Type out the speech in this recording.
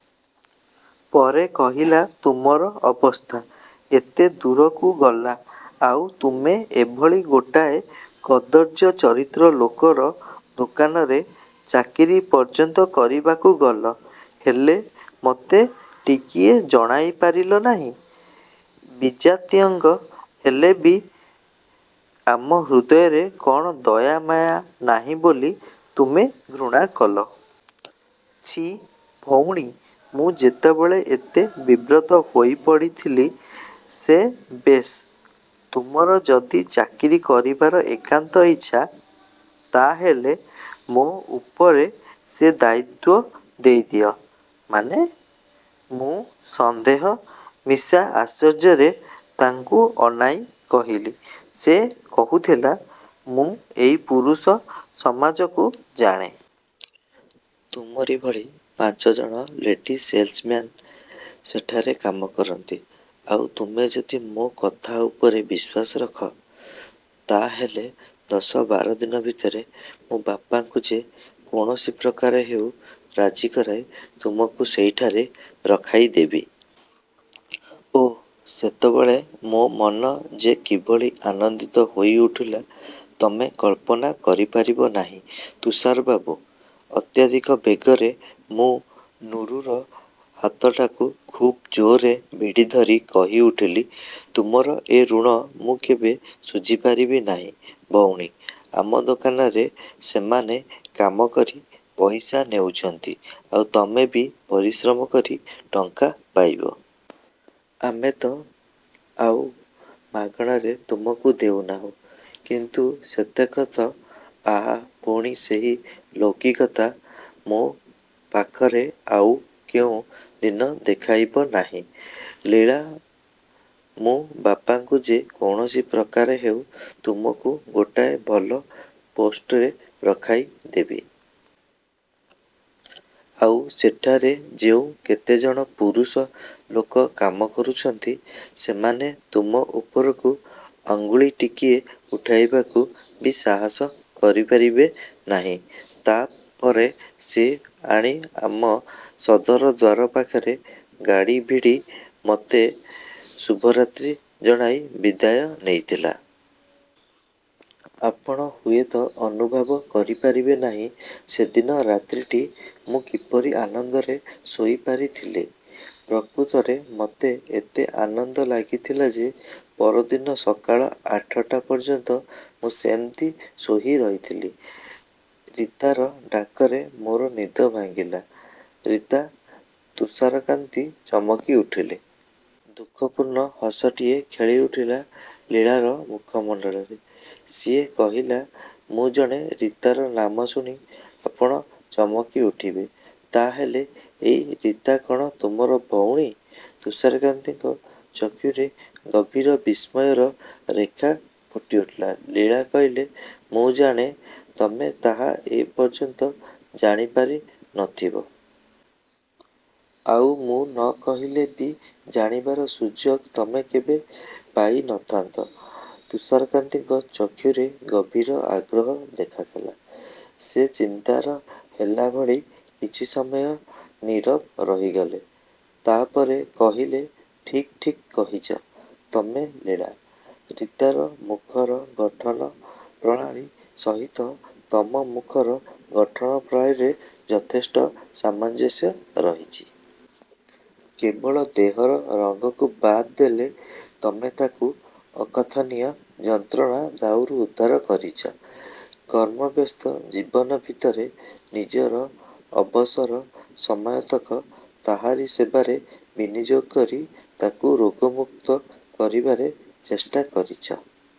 ପରେ କହିଲା, ତୁମର ଅବସ୍ଥା ଏତେ ଦୂରକୁ ଗଲା, ଆଉ ତୁମେ ଏଭଳି ଗୋଟାଏ କଦର୍ଯ୍ୟ ଚରିତ୍ର ଲୋକର ଦୋକାନରେ ଚାକିରି ପର୍ଯ୍ୟନ୍ତ କରିବାକୁ ଗଲ, ହେଲେ ମୋତେ ଟିକିଏ ଜଣାଇପାରିଲ ନାହିଁ? ବିଜାତୀୟ ହେଲେ ବି ଆମ ହୃଦୟରେ କଣ ଦୟା ମାୟା ନାହିଁ ବୋଲି ତୁମେ ଘୃଣା କଲ? ଛି, ଭଉଣୀ ମୁଁ ସେତେବେଳେ ଏତେ ବିବ୍ରତ ହୋଇପଡ଼ିଥିଲି ସେ ବେଶ୍, ତୁମର ଯଦି ଚାକିରି କରିବାର ଏକାନ୍ତ ଇଚ୍ଛା, ତା ହେଲେ ମୋ ଉପରେ ସେ ଦାୟିତ୍ୱ ଦେଇଦିଅ। ମାନେ? ମୁଁ ସନ୍ଦେହ ମିଶା ଆଶ୍ଚର୍ଯ୍ୟରେ ତାଙ୍କୁ ଅନାଇ କହିଲି। ସେ କହୁଥିଲା, ମୁଁ ଏଇ ପୁରୁଷ ସମାଜକୁ ଜାଣେ। ତୁମରି ଭଳି ପାଞ୍ଚ ଜଣ ଲେଡି ସେଲ୍ସମ୍ୟାନ୍ ସେଠାରେ କାମ କରନ୍ତି। ଆଉ ତୁମେ ଯଦି ମୋ କଥା ଉପରେ ବିଶ୍ୱାସ ରଖ, ତା ହେଲେ ଦଶ ବାର ଦିନ ଭିତରେ ମୁଁ ବାପାଙ୍କୁ ଯେ କୌଣସି ପ୍ରକାରେ ହେଉ ରାଜି କରାଇ ତୁମକୁ ସେହିଠାରେ ରଖାଇ ଦେବି। ଓଃ, ସେତେବେଳେ ମୋ ମନ ଯେ କିଭଳି ଆନନ୍ଦିତ ହୋଇଉଠିଲା, ତୁମେ କଳ୍ପନା କରିପାରିବ ନାହିଁ, ତୁଷାର ବାବୁ। ଅତ୍ୟଧିକ ଆବେଗରେ ମୁଁ ନୁରୁର ହାତଟାକୁ ଖୁବ୍ ଜୋରରେ ଭିଡ଼ିଧରି କହିଉଠିଥିଲି, ତୁମର ଏ ଋଣ ମୁଁ କେବେ ଶୁଝିପାରିବି ନାହିଁ, ଭଉଣୀ। ଆମ ଦୋକାନରେ ସେମାନେ କାମ କରି ପଇସା ନେଉଛନ୍ତି ଆଉ ତମେ ବି ପରିଶ୍ରମ କରି ଟଙ୍କା ପାଇବ। ଆମେ ତ ଆଉ ମାଗଣାରେ ତମକୁ ଦେଉନାହୁଁ? କିନ୍ତୁ ସେତକ ତ ଆହା, ପୁଣି ସେହି ଲୌକିକତା ମୋ ପାଖରେ ଆଉ କେଉଁ ଦିନ ଦେଖାଇବ ନାହିଁ, ଲୀଳା। ମୁଁ ବାପାଙ୍କୁ ଯେ କୌଣସି ପ୍ରକାରେ ହେଉ, ତମକୁ ଗୋଟାଏ ଭଲ ପୋଷ୍ଟରେ ରଖାଇ ଦେବି। ଆଉ ସେଠାରେ ଯେଉଁ କେତେ ଜଣ ପୁରୁଷ ଲୋକ କାମ କରୁଛନ୍ତି, ସେମାନେ ତମ ଉପରକୁ ଅଙ୍ଗୁଳି ଟିକିଏ ଉଠାଇବାକୁ ବି ସାହସ କରିପାରିବେ ନାହିଁ। ତା ପରେ ସେ ଆଣି ଆମ ସଦର ଦ୍ୱାର ପାଖରେ ଗାଡ଼ି ଭିଡ଼ି ମୋତେ ଶୁଭରାତ୍ରି ଜଣାଇ ବିଦାୟ ନେଇଥିଲା। ଆପଣ ହୁଏତ ଅନୁଭବ କରିପାରିବେ ନାହିଁ, ସେଦିନ ରାତ୍ରିଟି ମୁଁ କିପରି ଆନନ୍ଦରେ ଶୋଇପାରିଥିଲି। ପ୍ରକୃତରେ ମୋତେ ଏତେ ଆନନ୍ଦ ଲାଗିଥିଲା ଯେ, ପରଦିନ ସକାଳ ଆଠଟା ପର୍ଯ୍ୟନ୍ତ ମୁଁ ସେମିତି ଶୋଇ ରହିଥିଲି। ରୀତାର ଡାକରେ ମୋର ନିଦ ଭାଙ୍ଗିଲା। ରୀତା! ତୁଷାରକାନ୍ତି ଚମକିଉଠିଲେ। ଦୁଃଖପୂର୍ଣ୍ଣ ହସଟିଏ ଖେଳିଉଠିଲା ଲୀଳାର ମୁଖମଣ୍ଡଳରେ। ସେ କହିଲା, ମୁଁ ଜାଣେ ରୀତାର ନାମ ଶୁଣି ଆପଣ ଚମକିଉଠିବେ। ତା ହେଲେ ଏଇ ରୀତା କଣ ତୁମର ଭଉଣୀ? ତୁଷାରକାନ୍ତିଙ୍କ ଚକ୍ଷୁରେ ଗଭୀର ବିସ୍ମୟର ରେଖା ଫୁଟିଉଠିଲା। ଲୀଳା କହିଲା, ମୁଁ ଜାଣେ, ତମେ ତାହା ଏ ପର୍ଯ୍ୟନ୍ତ ଜାଣିପାରି ନଥିବ। ଆଉ ମୁଁ ନ କହିଥିଲେ ବି ଜାଣିବାର ସୁଯୋଗ ତମେ କେବେ ପାଇନଥାନ୍ତ। ତୁଷାରକାନ୍ତିଙ୍କ ଚକ୍ଷୁରେ ଗଭୀର ଆଗ୍ରହ ଦେଖାଦେଲା। ସେ ଚିନ୍ତିତ ହେଲା ଭଳି କିଛି ସମୟ ନୀରବ ରହିଗଲେ। ତା ପରେ କହିଲେ, ଠିକ୍ ଠିକ୍ କହିଛ ତମେ ଲୀଳା। ରୀତାର ମୁଖର ଗଠନ ପ୍ରଣାଳୀ ସହିତ ତମ ମୁଖର ଗଠନ ପ୍ରଣାଳୀରେ ଯଥେଷ୍ଟ ସାମଞ୍ଜସ୍ୟ ରହିଛି। କେବଳ ଦେହର ରଙ୍ଗକୁ ବାଦ୍ ଦେଲେ ତମେ ତାକୁ ଅକଥନୀୟ ଯନ୍ତ୍ରଣା ଦାଉରୁ ଉଦ୍ଧାର କରିଛ। କର୍ମବ୍ୟସ୍ତ ଜୀବନ ଭିତରେ ନିଜର ଅବସର ସମୟତକ ତାହାରି ସେବାରେ ବିନିଯୋଗ କରି ତାକୁ ରୋଗମୁକ୍ତ କରିବାରେ ଚେଷ୍ଟା କରିଛ।